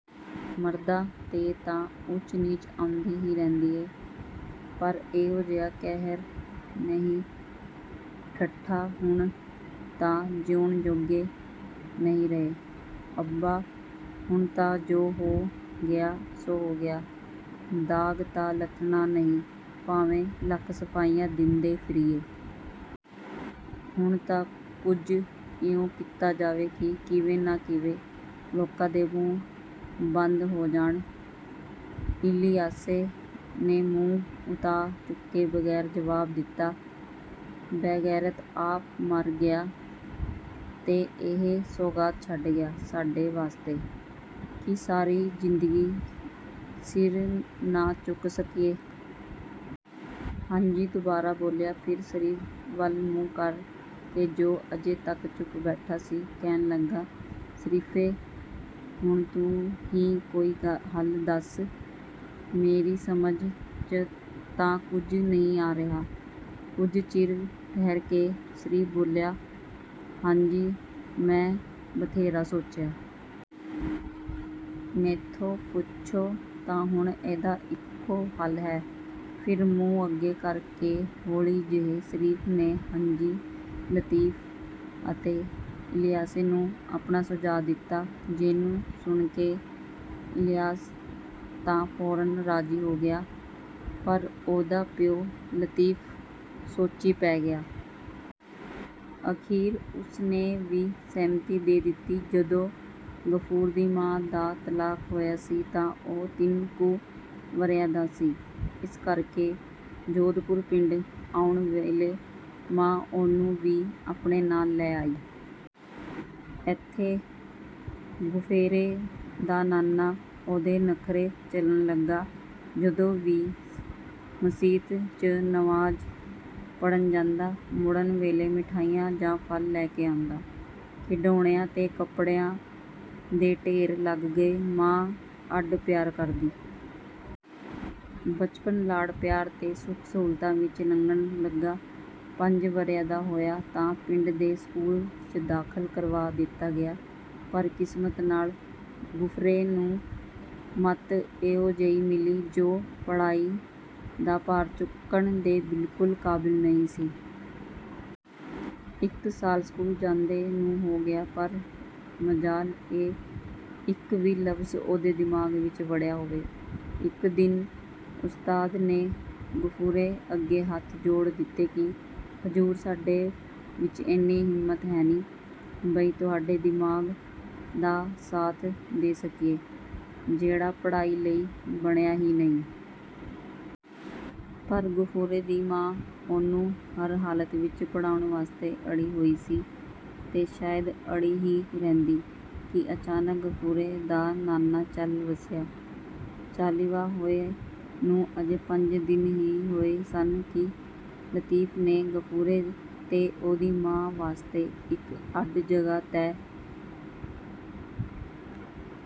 ਮਰਦਾਂ 'ਤੇ ਤਾਂ ਊਚ-ਨੀਚ ਆਉਂਦੀ ਹੀ ਰਹਿੰਦੀ ਐ, ਪਰ ਐਹੋ ਜਿਹਾ ਕਹਿਰ ਨਹੀਂ ਢੱਠਾ। ਹੁਣ ਤਾਂ ਜਿਉਣ-ਜੋਗੇ ਨਹੀਂ ਰਹੇ। "ਅੱਬਾ, ਹੁਣ ਤਾਂ ਜੋ ਹੋ ਗਿਆ, ਸੋ ਹੋ ਗਿਆ। ਦਾਗ ਤਾਂ ਲੱਥਣਾ ਨਹੀਂ, ਭਾਵੇਂ ਲੱਖ ਸਫ਼ਾਈਆਂ ਦਿੰਦੇ ਫਿਰੀਏ। ਹੁਣ ਤਾਂ ਕੁਝ ਇਉਂ ਕੀਤਾ ਜਾਵੇ ਕਿ ਕਿਵੇਂ ਨਾ ਕਿਵੇਂ ਲੋਕਾਂ ਦੇ ਮੂੰਹ ਬੰਦ ਹੋ ਜਾਣ।" ਇਲਿਆਸੇ ਨੇ ਮੂੰਹ ਉਤਾਂਹ ਚੁੱਕੇ ਬਗੈਰ ਜਵਾਬ ਦਿੱਤਾ। "ਬੇਗੈਰਤ, ਆਪ ਮਰ ਗਿਆ ਤੇ ਇਹ ਸੌਗਾਤ ਛੱਡ ਗਿਆ ਸਾਡੇ ਵਾਸਤੇ, ਕਿ ਸਾਰੀ ਜ਼ਿੰਦਗੀ ਸਿਰ ਨਾ ਚੁੱਕ ਸਕੀਏ।" ਹਾਜੀ ਦੁਬਾਰਾ ਬੋਲਿਆ। ਫਿਰ ਸ਼ਰੀਫ ਵੱਲ ਮੂੰਹ ਕਰ ਕੇ, ਜੋ ਅਜੇ ਤੱਕ ਚੁੱਪ ਬੈਠਾ ਸੀ, ਕਹਿਣ ਲੱਗਾ, "ਸ਼ਰੀਫੇ, ਹੁਣ ਤੂੰ ਹੀ ਕੋਈ ਹੱਲ ਦੱਸ। ਮੇਰੀ ਸਮਝ 'ਚ ਤਾਂ ਕੁਝ ਨਹੀਂ ਆ ਰਿਹਾ।" ਕੁਝ ਚਿਰ ਠਹਿਰ ਕੇ ਸ਼ਰੀਫ ਬੋਲਿਆ, "ਹਾਜੀ, ਮੈਂ ਬਥੇਰਾ ਸੋਚਿਆ। ਮੈਥੋਂ ਪੁੱਛੋ ਤਾਂ ਹੁਣ ਇਹਦਾ ਇੱਕੋ ਹੱਲ ਹੈ।" ਫਿਰ ਮੂੰਹ ਅੱਗੇ ਕਰ ਕੇ ਹੌਲੀ ਜਿਹੇ ਸ਼ਰੀਫ ਨੇ ਹਾਜੀ, ਲਤੀਫ ਅਤੇ ਇਲਿਆਸੇ ਨੂੰ ਆਪਣਾ ਸੁਝਾਅ ਦਿੱਤਾ, ਜਿਹਨੂੰ ਸੁਣ ਕੇ ਇਲਿਆਸ ਤਾਂ ਫੌਰਨ ਰਾਜ਼ੀ ਹੋ ਗਿਆ, ਪਰ ਉਹਦਾ ਪਿਓ ਲਤੀਫ ਸੋਚੀਂ ਪੈ ਗਿਆ। ਅਖੀਰ ਉਸ ਨੇ ਵੀ ਸਹਿਮਤੀ ਦੇ ਦਿੱਤੀ। ਜਦੋਂ ਗਫੂਰ ਦੀ ਮਾਂ ਦਾ ਤਲਾਕ ਹੋਇਆ ਸੀ ਤਾਂ ਉਹ ਤਿੰਨ ਕੁ ਵਰ੍ਹਿਆਂ ਦਾ ਸੀ। ਇਸ ਕਰ ਕੇ ਜੋਧਪੁਰ ਪਿੰਡ ਆਉਣ ਵੇਲੇ ਮਾਂ ਉਹਨੂੰ ਵੀ ਆਪਣੇ ਨਾਲ ਲੈ ਆਈ। ਏਥੇ ਗਫੂਰੇ ਦਾ ਨਾਨਾ ਉਹਦੇ ਨਖਰੇ ਝੱਲਣ ਲੱਗਾ। ਜਦੋਂ ਵੀ ਮਸੀਤ 'ਚ ਨਮਾਜ਼ ਪੜ੍ਹਨ ਜਾਂਦਾ, ਮੁੜਨ ਵੇਲੇ ਮਠਿਆਈ ਜਾਂ ਫਲ ਲੈ ਕੇ ਆਉਂਦਾ। ਖਿਡਾਉਣਿਆਂ ਤੇ ਕੱਪੜਿਆਂ ਦੇ ਢੇਰ ਲੱਗ ਗਏ। ਮਾਂ ਅੱਡ ਪਿਆਰ ਕਰਦੀ। ਬਚਪਨ ਲਾਡ-ਪਿਆਰ ਤੇ ਸੁਖ-ਸਹੂਲਤਾਂ ਵਿਚ ਲੰਘਣ ਲੱਗਾ। ਪੰਜ ਵਰ੍ਹਿਆਂ ਦਾ ਹੋਇਆ ਤਾਂ ਪਿੰਡ ਦੇ ਸਕੂਲ 'ਚ ਦਾਖਲ ਕਰਵਾ ਦਿੱਤਾ ਗਿਆ, ਪਰ ਕਿਸਮਤ ਨਾਲ ਗਫੂਰੇ ਨੂੰ ਮੱਤ ਇਹੋ ਜਿਹੀ ਮਿਲੀ, ਜੋ ਪੜ੍ਹਾਈ ਦਾ ਭਾਰ ਚੁੱਕਣ ਦੇ ਬਿਲਕੁਲ ਕਾਬਿਲ ਨਹੀਂ ਸੀ। ਇੱਕ ਸਾਲ ਸਕੂਲ ਜਾਂਦੇ ਨੂੰ ਹੋ ਗਿਆ, ਪਰ ਮਜਾਲ ਐ, ਇੱਕ ਵੀ ਲਫ਼ਜ਼ ਉਹਦੇ ਦਿਮਾਗ ਵਿਚ ਵੜਿਆ ਹੋਵੇ। ਇੱਕ ਦਿਨ ਉਸਤਾਦ ਨੇ ਗਫੂਰੇ ਅੱਗੇ ਹੱਥ ਜੋੜ ਦਿੱਤੇ ਕਿ, "ਹਜ਼ੂਰ, ਸਾਡੇ ਵਿਚ ਐਨੀ ਹਿੰਮਤ ਹੈਨੀ, ਬਈ ਤੁਹਾਡੇ ਦਿਮਾਗ ਦਾ ਸਾਥ ਦੇ ਸਕੀਏ, ਜਿਹੜਾ ਪੜ੍ਹਾਈ ਲਈ ਬਣਿਆ ਹੀ ਨਹੀਂ।" ਪਰ ਗਫੂਰੇ ਦੀ ਮਾਂ ਉਹਨੂੰ ਹਰ ਹਾਲਤ ਵਿਚ ਪੜ੍ਹਾਉਣ ਵਾਸਤੇ ਅੜੀ ਹੋਈ ਸੀ ਤੇ ਸ਼ਾਇਦ ਅੜੀ ਹੀ ਰਹਿੰਦੀ ਕਿ ਅਚਾਨਕ ਗਫੂਰੇ ਦਾ ਨਾਨਾ ਚੱਲ ਵਸਿਆ। ਚਾਲ੍ਹੀਵਾਂ ਹੋਏ ਨੂੰ ਅਜੇ ਪੰਜ ਦਿਨ ਹੀ ਹੋਏ ਸਨ ਕਿ ਲਤੀਫ ਨੇ ਗਫੂਰੇ ਤੇ ਉਹਦੀ ਮਾਂ ਵਾਸਤੇ ਇੱਕ ਅੱਡ ਜਗ੍ਹਾ ਤੈਅ...